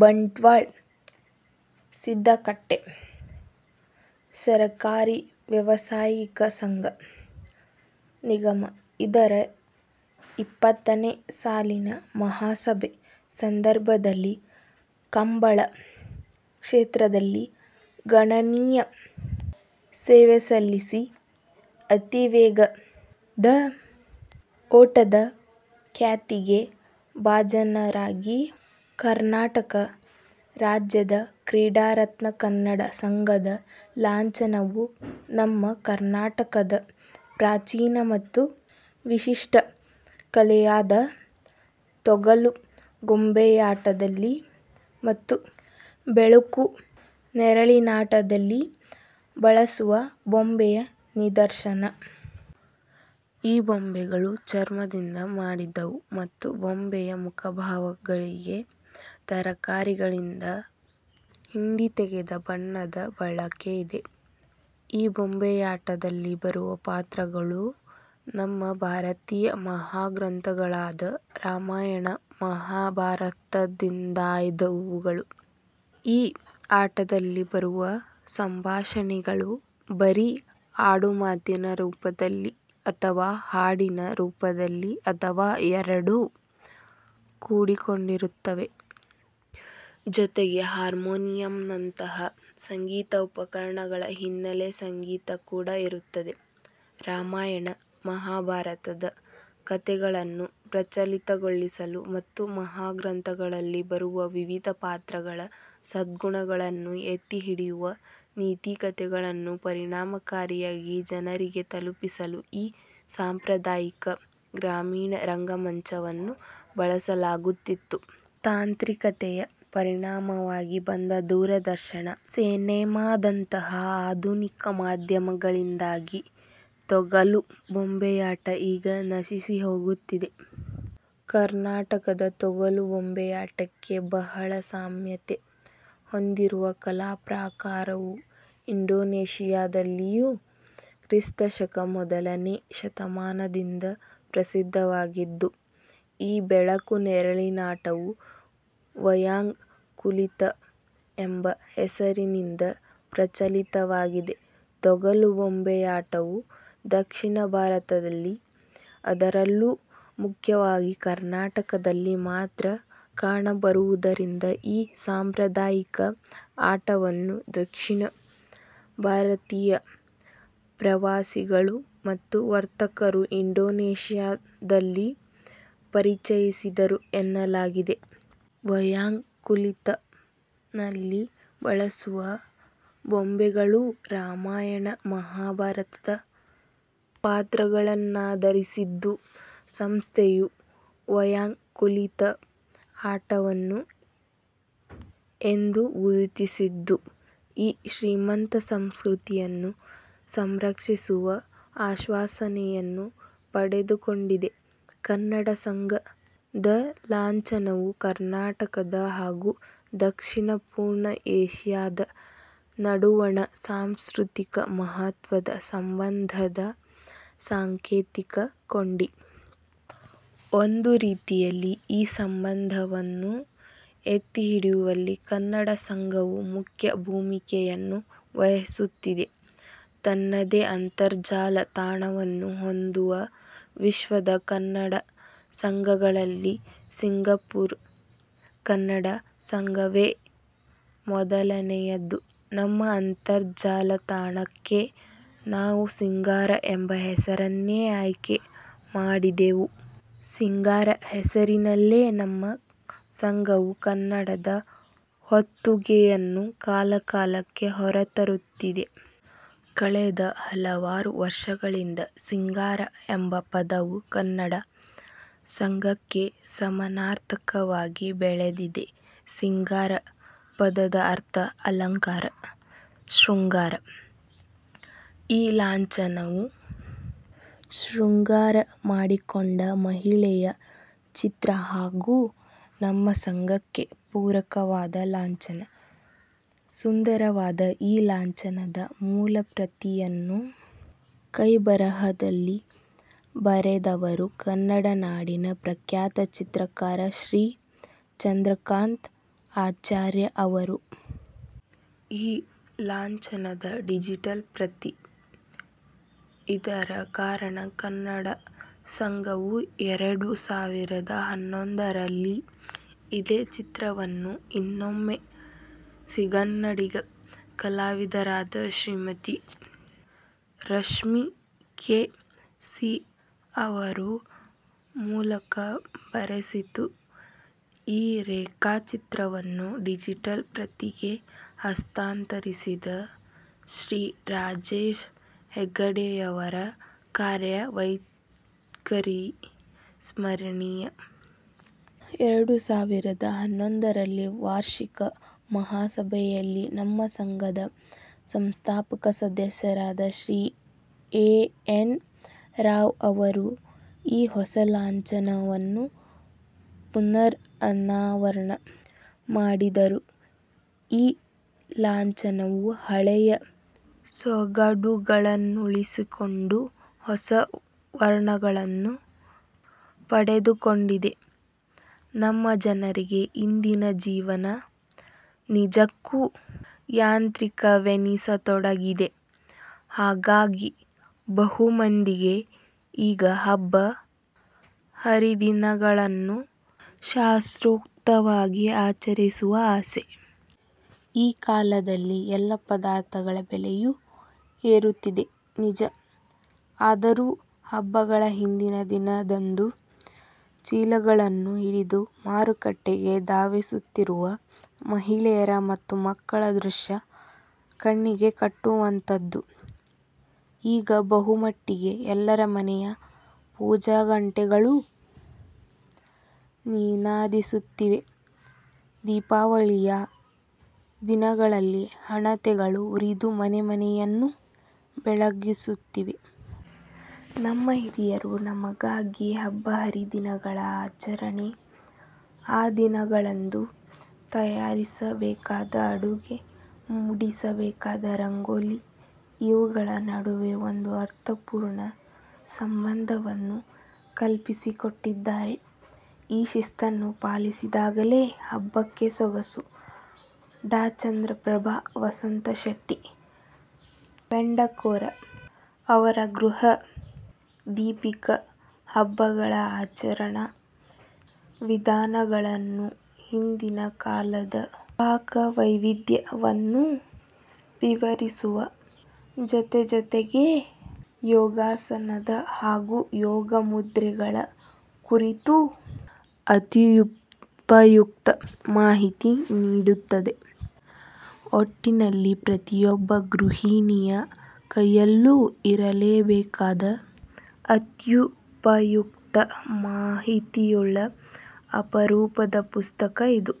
ಬಂಟ್ವಾಳ: ಸಿದ್ದಕಟ್ಟೆ ಸಹಕಾರಿ ವ್ಯವಸಾಯಿಕ ಸಂಘ, ನಿಗಮ. ಇದರ ಇಪ್ಪತ್ತನೇ ಸಾಲಿನ ಮಹಾಸಭೆ ಸಂದರ್ಭದಲ್ಲಿ ಕಂಬಳ ಕ್ಷೇತ್ರದಲ್ಲಿ ಗಣನೀಯ ಸೇವೆಸಲ್ಲಿಸಿ ಅತೀ ವೇಗದ ಓಟದ ಖ್ಯಾತಿಗೆ ಬಾಜನರಾಗಿ ಕರ್ನಾಟಕ ರಾಜ್ಯದ ಕ್ರೀಡಾರತ್ನಕನ್ನಡ ಸಂಘದ ಲಾಂಛನವು ನಮ್ಮ ಕರ್ನಾಟಕದ ಪ್ರಾಚೀನ ಮತ್ತು ವಿಶಿಷ್ಟ ಕಲೆಯಾದ ತೊಗಲು ಗೊಂಬೆಯಾಟದಲ್ಲಿ ಮತ್ತು ಬೆಳಕು-ನೆರಳಿನಾಟದಲ್ಲಿ ಬಳಸುವ ಗೊಂಬೆಯ ನಿದರ್ಶನ. ಈ ಗೊಂಬೆಗಳು ಚರ್ಮದಿಂದ ಮಾಡಿದವು ಮತ್ತು ಗೊಂಬೆಯ ಮುಖಭಾವಗಳಿಗೆ ತರಕಾರಿಗಳಿಂದ ಹಿಂಡಿತೆಗೆದ ಬಣ್ಣದ ಬಳಕೆ ಇದೆ. ಈ ಗೊಂಬೆಯಾಟದಲ್ಲಿ ಬರುವ ಪಾತ್ರಗಳು ನಮ್ಮ ಭಾರತೀಯ ಮಹಾಗ್ರಂಥಗಳಾದ ರಾಮಾಯಣ, ಮಹಾಭಾರತದಿಂದಾಯ್ದವುಗಳು. ಈ ಆಟದಲ್ಲಿ ಬರುವ ಸಂಭಾಷಣೆಗಳು ಬರೀ ಆಡುಮಾತಿನ ರೂಪದಲ್ಲಿ ಅಥವಾ ಹಾಡಿನ ರೂಪದಲ್ಲಿ ಅಥವಾ ಎರಡೂ ಕೂಡಿಕೊಂಡಿರುತ್ತವೆ. ಜೊತೆಗೆ ಹಾರ್ಮೋನಿಯಮ್ನಂತಹ ಸಂಗೀತ ಉಪಕರಣಗಳ ಹಿನ್ನೆಲೆ ಸಂಗೀತ ಕೂಡ ಇರುತ್ತದೆ. ರಾಮಾಯಣ, ಮಹಾಭಾರತದ ಕಥೆಗಳನ್ನು ಪ್ರಚಲಿತಗೊಳಿಸಲು ಮತ್ತು ಮಹಾಗ್ರಂಥಗಳಲ್ಲಿ ಬರುವ ವಿವಿಧ ಪಾತ್ರಗಳ ಸದ್ಗುಣಗಳನ್ನು ಎತ್ತಿಹಿಡಿಯುವ ನೀತಿಕಥೆಗಳನ್ನು ಪರಿಣಾಮಕಾರಿಯಾಗಿ ಜನರಿಗೆ ತಲುಪಿಸಲು ಈ ಸಾಂಪ್ರದಾಯಿಕ ಗ್ರಾಮೀಣ ರಂಗಮಂಚವನ್ನು ಬಳಸಲಾಗುತ್ತಿತ್ತು. ತಾಂತ್ರಿಕತೆಯ ಪರಿಣಾಮವಾಗಿ ಬಂದ ದೂರದರ್ಶನ, ಸಿನೇಮಾದಂತಹ ಆಧುನಿಕ ಮಾಧ್ಯಮಗಳಿಂದಾಗಿ ತೊಗಲು ಗೊಂಬೆಯಾಟ ಈಗ ನಶಿಸಿಹೋಗುತ್ತಿದೆ. ಕರ್ನಾಟಕದ ತೊಗಲು ಗೊಂಬೆಯಾಟಕ್ಕೆ ಬಹಳ ಸಾಮ್ಯತೆ ಹೊಂದಿರುವ ಕಲಾಪ್ರಾಕಾರವು ಇಂಡೋನೇಶಿಯಾದಲ್ಲಿಯೂ ಕ್ರಿಸ್ತಶಕ ಮೊದಲನೇ ಶತಮಾನದಿಂದ ಪ್ರಸಿದ್ಧವಾಗಿದ್ದು, ಈ ಬೆಳಕು-ನೆರಳಿನಾಟವು "ವಯಾಂಗ್ ಕುಲಿತ್" ಎಂಬ ಹೆಸರಿನಿಂದ ಪ್ರಚಲಿತವಾಗಿದೆ. ತೊಗಲು ಗೊಂಬೆಯಾಟವು ದಕ್ಷಿಣ ಭಾರತದಲ್ಲಿ, ಅದರಲ್ಲೂ ಮುಖ್ಯವಾಗಿ ಕರ್ನಾಟಕದಲ್ಲಿ ಮಾತ್ರ ಕಾಣಬರುವುದರಿಂದ ಈ ಸಾಂಪ್ರದಾಯಿಕ ಆಟವನ್ನು ದಕ್ಷಿಣ ಭಾರತೀಯ ಪ್ರವಾಸಿಗಳು ಮತ್ತು ವರ್ತಕರು ಇಂಡೋನೇಶಿಯಾದಲ್ಲಿ ಪರಿಚಯಿಸಿದರು ಎನ್ನಲಾಗಿದೆ. "ವಯಾಂಗ್ ಕುಲಿತ್"ನಲ್ಲಿ ಬಳಸುವ ಗೊಂಬೆಗಳೂ ರಾಮಾಯಣ, ಮಹಾಭಾರತದ ಪಾತ್ರಗಳನ್ನಾಧರಿಸಿದ್ದು. ಸಂಸ್ಥೆಯು "ವಯಾಂಗ್ ಕುಲಿತ್" ಆಟವನ್ನು "" ಎಂದು ಗುರುತಿಸಿದ್ದು, ಈ ಶ್ರೀಮಂತ ಸಂಸ್ಕೃತಿಯನ್ನು ಸಂರಕ್ಷಿಸುವ ಆಶ್ವಾಸನೆಯನ್ನು ಪಡೆದುಕೊಂಡಿದೆ. ಕನ್ನಡ ಸಂಘದ ಲಾಂಛನವು ಕರ್ನಾಟಕದ ಹಾಗೂ ದಕ್ಷಿಣ-ಪೂರ್ವ ಏಶಿಯಾದ ನಡುವಣ ಸಾಂಸ್ಕೃತಿಕ ಮಹತ್ವದ ಸಂಬಂಧದ ಸಾಂಕೇತಿಕ ಕೊಂಡಿ. ಒಂದು ರೀತಿಯಲ್ಲಿ ಈ ಸಂಬಂಧವನ್ನು ಎತ್ತಿಹಿಡಿಯುವಲ್ಲಿ ಕನ್ನಡ ಸಂಘವು ಮುಖ್ಯ ಭೂಮಿಕೆಯನ್ನು ವಹಿಸುತ್ತಿದೆ. ತನ್ನದೇ ಅಂತರ್ಜಾಲ ತಾಣವನ್ನು ಹೊಂದುವ ವಿಶ್ವದ ಕನ್ನಡ ಸಂಘಗಳಲ್ಲಿ ಸಿಂಗಪುರ ಕನ್ನಡ ಸಂಘವೇ ಮೊದಲನೆಯದು. ನಮ್ಮ ಅಂತರ್ಜಾಲ ತಾಣಕ್ಕೆ ನಾವು "ಸಿಂಗಾರ"ಎಂಬ ಹೆಸರನ್ನೇ ಆಯ್ಕೆ ಮಾಡಿದೆವು. "ಸಿಂಗಾರ" ಹೆಸರಿನಲ್ಲೇ ನಮ್ಮ ಸಂಘವು ಕನ್ನಡದ ಹೊತ್ತುಗೆಯನ್ನು ಕಾಲಕಾಲಕ್ಕೆ ಹೊರತರುತ್ತಿದೆ. ಕಳೆದ ಹಲವಾರು ವರ್ಷಗಳಿಂದ "ಸಿಂಗಾರ" ಎಂಬ ಪದವು ಕನ್ನಡ ಸಂಘಕ್ಕೆ ಸಮಾನಾರ್ಥಕವಾಗಿ ಬೆಳೆದಿದೆ. "ಸಿಂಗಾರ" ಪದದ ಅರ್ಥ ಅಲಂಕಾರ, ಶೃಂಗಾರ. ಈ ಲಾಂಛನವು ಶೃಂಗಾರ ಮಾಡಿಕೊಂಡ ಮಹಿಳೆಯ ಚಿತ್ರ ಹಾಗೂ ನಮ್ಮ ಸಂಘಕ್ಕೆ ಪೂರಕವಾದ ಲಾಂಛನ. ಸುಂದರವಾದ ಈ ಲಾಂಛನದ ಮೂಲಪ್ರತಿಯನ್ನು ಕೈಬರಹದಲ್ಲಿ ಬರೆದವರು ಕನ್ನಡನಾಡಿನ ಪ್ರಖ್ಯಾತ ಚಿತ್ರಕಾರ ಶ್ರೀ ಚಂದ್ರಕಾಂತ್ ಆಚಾರ್ಯ ಅವರು. ಈ ಲಾಂಛನದ ಡಿಜಿಟಲ್ ಪ್ರತಿ ಇರದ ಕಾರಣ ಕನ್ನಡ ಸಂಘ ವು ಎರಡು ಸಾವಿರದ ಹನ್ನೊಂದರಲ್ಲಿ ಇದೇ ಚಿತ್ರವನ್ನು ಇನ್ನೊಮ್ಮೆ, ಸಿಂಗನ್ನಡಿಗ ಕಲಾವಿದರಾದ ಶ್ರಿಮತಿ ರಶ್ಮಿ ಕೆ. ಸಿ ಅವರು ಮೂಲಕ ಬರೆಸಿತು. ಈ ರೇಖಾ ಚಿತ್ರವನ್ನು ಡಿಜಿಟಲ್ ಪ್ರತಿಗೆ ಹಸ್ತಾಂತರಿಸಿದ ಶ್ರೀ ರಾಜೇಶ್ ಹೆಗಡೆಯವರ ಕಾರ್ಯವೈಕರಿ ಸ್ಮರಿಣೀಯ. ಎರಡು ಸಾವಿರದ ಹನ್ನೊಂದರಲ್ಲಿ ವಾರ್ಷಿಕ ಮಹಾಸಭೆಯಲ್ಲಿ ನಮ್ಮ ಸಂಘದ ಸಂಸ್ಥಾಪಕ ಸದಸ್ಯರಾದ ಶ್ರೀ ಎ. ಎನ್. ರಾವ್ ಅವರು ಈ ಹೊಸ ಲಾಂಛನವನ್ನು ಪುನರ್-ಅನಾವರಣ ಮಾಡಿದರು. ಈ ಲಾಂಛನವು ಹಳೆಯ ಸೊಗಡುಗಳನ್ನುಳಿಸಿಕೊಂಡು ಹೊಸ ವರ್ಣಗಳನ್ನು ಪಡೆದುಕೊಂಡಿದೆ. ನಮ್ಮ ಜನರಿಗೆ ಇಂದಿನ ಜೀವನ ನಿಜಕ್ಕೂ ಯಾಂತ್ರಿಕವೆನಿಸತೊಡಗಿದೆ. ಹಾಗಾಗಿ ಬಹುಮಂದಿಗೆ ಈಗ ಹಬ್ಬ ಹರಿದಿನಗಳನ್ನು ಶಾಸ್ತ್ರೋಕ್ತವಾಗಿ ಆಚರಿಸುವ ಆಸೆ. ಈ ಕಾಲದಲ್ಲಿ ಎಲ್ಲ ಪದಾರ್ಥಗಳ ಬೆಲೆಯೂ ಏರುತ್ತಿದೆ, ನಿಜ. ಆದರೂ ಹಬ್ಬಗಳ ಹಿಂದಿನ ದಿನದಂದು ಚೀಲಗಳನ್ನು ಹಿಡಿದು ಮಾರುಕಟ್ಟೆಗೆ ಧಾವಿಸುತ್ತಿರುವ ಮಹಿಳೆಯರ ಮತ್ತು ಮಕ್ಕಳ ದೃಶ್ಯ ಕಣ್ಣಿಗೆಕಟ್ಟುವಂಥದು. ಈಗ ಬಹುಮಟ್ಟಿಗೆ ಎಲ್ಲರ ಮನೆಯ ಪೂಜಾಗಂಟೆಗಳೂ ನಿನಾದಿಸುತ್ತಿವೆ. ದೀಪಾವಳಿಯ ದಿನಗಳಲ್ಲಿ ಹಣತೆ ಗಳು ಉರಿದು ಮನೆಮನೆಯನ್ನೂ ಬೆಳಗಿಸುತ್ತಿವೆ. ನಮ್ಮ ಹಿರಿಯರು ನಮಗಾಗಿ ಹಬ್ಬ ಹರಿದಿನಗಳ ಆಚರಣೆ, ಆ ದಿನಗಳಂದು ತಯಾರಿಸ ಬೇಕಾದ ಅಡುಗೆ, ಮೂಡಿಸಬೇಕಾದ ರಂಗೋಲಿ, ಇವುಗಳ ನಡುವೆ ಒಂದು ಅರ್ಥಪೂರ್ಣ ಸಂಬಂಧವನ್ನು ಕಲ್ಪಿಸಿಕೊಟ್ಟಿದ್ದಾರೆ. ಈ ಶಿಸ್ತನ್ನು ಪಾಲಿಸಿದಾಗಲೇ ಹಬ್ಬಕ್ಕೆ ಸೊಗಸು. ಡಾ ಚಂದ್ರಪ್ರಭಾ ವಸಂತ ಶೆಟ್ಟಿ ಪೆಂಡಕೂರ ಅವರ ಗೃಹ ದೀಪಿಕ ಹಬ್ಬಗಳ ಆಚರಣಾ ವಿಧಾನಗಳನ್ನೂ ಹಿಂದಿನ ಕಾಲದ ಪಾಕವೈವಿಧ್ಯ ವನ್ನೂ ವಿವರಿಸುವ ಜೊತೆಜೊತೆಗೇ ಯೋಗಾಸನದ ಹಾಗೂ ಯೋಗ ಮುದ್ರೆಗಳ ಕುರಿತೂ ಅತ್ಯುಪಯುಕ್ತ ಮಾಹಿತಿ ನೀಡುತ್ತದೆ. ಒಟ್ಟಿನಲ್ಲಿ ಪ್ರತಿಯೊಬ್ಬ ಗೃಹಿಣಿಯ ಕೈಯಲ್ಲೂ ಇರಲೇಬೇಕಾದ, ಅತ್ಯುಪಯುಕ್ತ ಮಾಹಿತಿಯುಳ್ಳ ಅಪರೂಪದ ಪುಸ್ತಕ ಇದು.